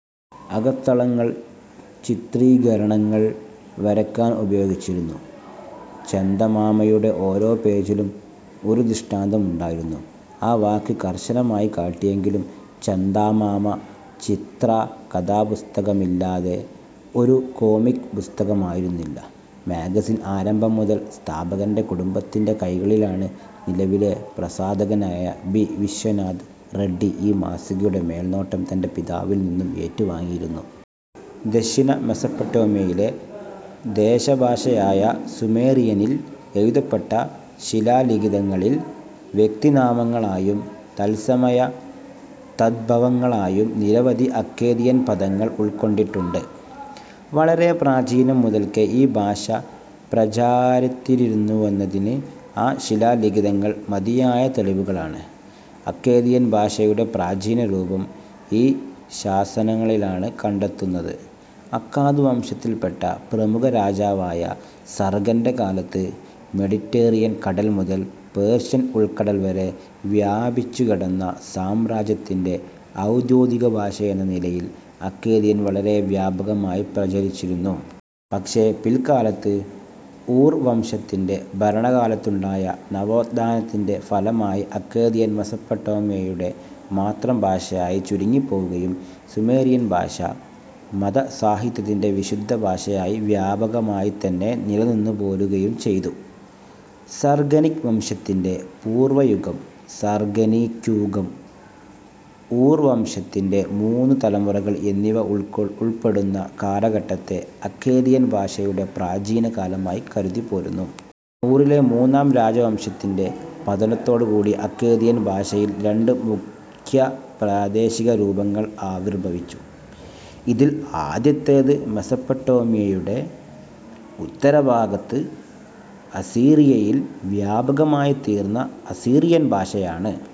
അകത്തളങ്ങൾ ചിത്രീകരണങ്ങൾ വരയ്ക്കാൻ ഉപയോഗിച്ചിരുന്നു. ചന്ദാമാമയുടെ ഓരോ പേജിലും ഒരു ദൃഷ്ടാന്തം ഉണ്ടായിരുന്നു. ആ വാക്ക് കർശനമായി കാട്ടിയെങ്കിലും ചന്ദാമാമ ചിത്രാ-കഥാപുസ്തകമല്ലാതെ ഒരു കോമിക്ക് പുസ്തകമായിരുന്നില്ല. മാഗസിൻ ആരംഭം മുതൽ സ്ഥാപകന്റെ കുടുംബത്തിന്റെ കൈകളിലാണ്. നിലവിലെ പ്രസാധകനായ ബി വിശ്വനാഥ് റെഡ്ഡി ഈ മാസികയുടെ മേൽനോട്ടം തന്റെ പിതാവിൽ നിന്നും ഏറ്റുവാങ്ങിയിരുന്നു. ദക്ഷിണ മെസൊപ്പൊട്ടേമിയയിലെ ദേശഭാഷയായ സുമേറിയനിൽ എഴുതപ്പെട്ട ശിലാലിഖിതങ്ങളിൽ, വ്യക്തിനാമങ്ങളായും തത്സമ-തദ്ഭവങ്ങളായും നിരവധി അക്കേദിയൻ പദങ്ങൾ ഉൾക്കൊണ്ടിട്ടുണ്ട്. വളരെ പ്രാചീനകാലം മുതൽക്കേ ഈ ഭാഷ പ്രചാരത്തിലിരുന്നുവെന്നതിന് ആ ശിലാലിഖിതങ്ങൾ മതിയായ തെളിവുകളാണ്. അക്കേദിയൻ ഭാഷയുടെ പ്രാചീനരൂപം ഈ ശാസനങ്ങളിലാണ് കണ്ടെത്തുന്നത്. അക്കാദ് വംശത്തിൽപ്പെട്ട പ്രമുഖ രാജാവായ സർഗന്റെ കാലത്ത് മെഡിറ്ററേനിയൻ കടൽ മുതൽ പേർഷ്യൻ ഉൾക്കടൽ വരെ വ്യാപിച്ചുകിടന്ന സാമ്രാജ്യത്തിന്റെ ഔദ്യോഗികഭാഷയെന്ന നിലയിൽ അക്കേദിയൻ വളരെ വ്യാപകമായി പ്രചരിച്ചിരുന്നു. പക്ഷേ പില്ക്കാലത്ത് ഊർ വംശത്തിന്റെ ഭരണകാലത്തുണ്ടായ നവോത്ഥാനത്തിന്റെ ഫലമായി അക്കേദിയൻ മെസൊപ്പൊട്ടേമിയയുടെ മാത്രം ഭാഷയായി ചുരുങ്ങിപ്പോവുകയും സുമേറിയൻ ഭാഷ മതസാഹിത്യത്തിന്റെ വിശുദ്ധ ഭാഷയായി വ്യാപകമായിത്തന്നെ നിലനിന്നുപോരുകയും ചെയ്തു. സർഗനിക് വംശത്തിന്റെ പൂർവയുഗം, സർഗനിക്യുഗം, ഊർവംശത്തിന്റെ മൂന്നു തലമുറകൾ എന്നിവ ഉൾപ്പെടുന്ന കാലഘട്ടത്തെ, അക്കേദിയൻ ഭാഷയുടെ പ്രാചീനകാലമായി കരുതിപ്പോരുന്നു. ഊറിലെ മൂന്നാം രാജവംശത്തിന്റെ പതനത്തോടുകൂടി അക്കേദിയൻ ഭാഷയിൽ രണ്ടു മുഖ്യപ്രാദേശികരൂപങ്ങൾ ആവിർഭവിച്ചു. ഇതിൽ ആദ്യത്തേത് മെസൊപ്പൊട്ടേമിയയുടെ ഉത്തരഭാഗത്ത് അസീറിയയിൽ വ്യാപകമായിത്തീർന്ന അസീറിയൻഭാഷയാണ്.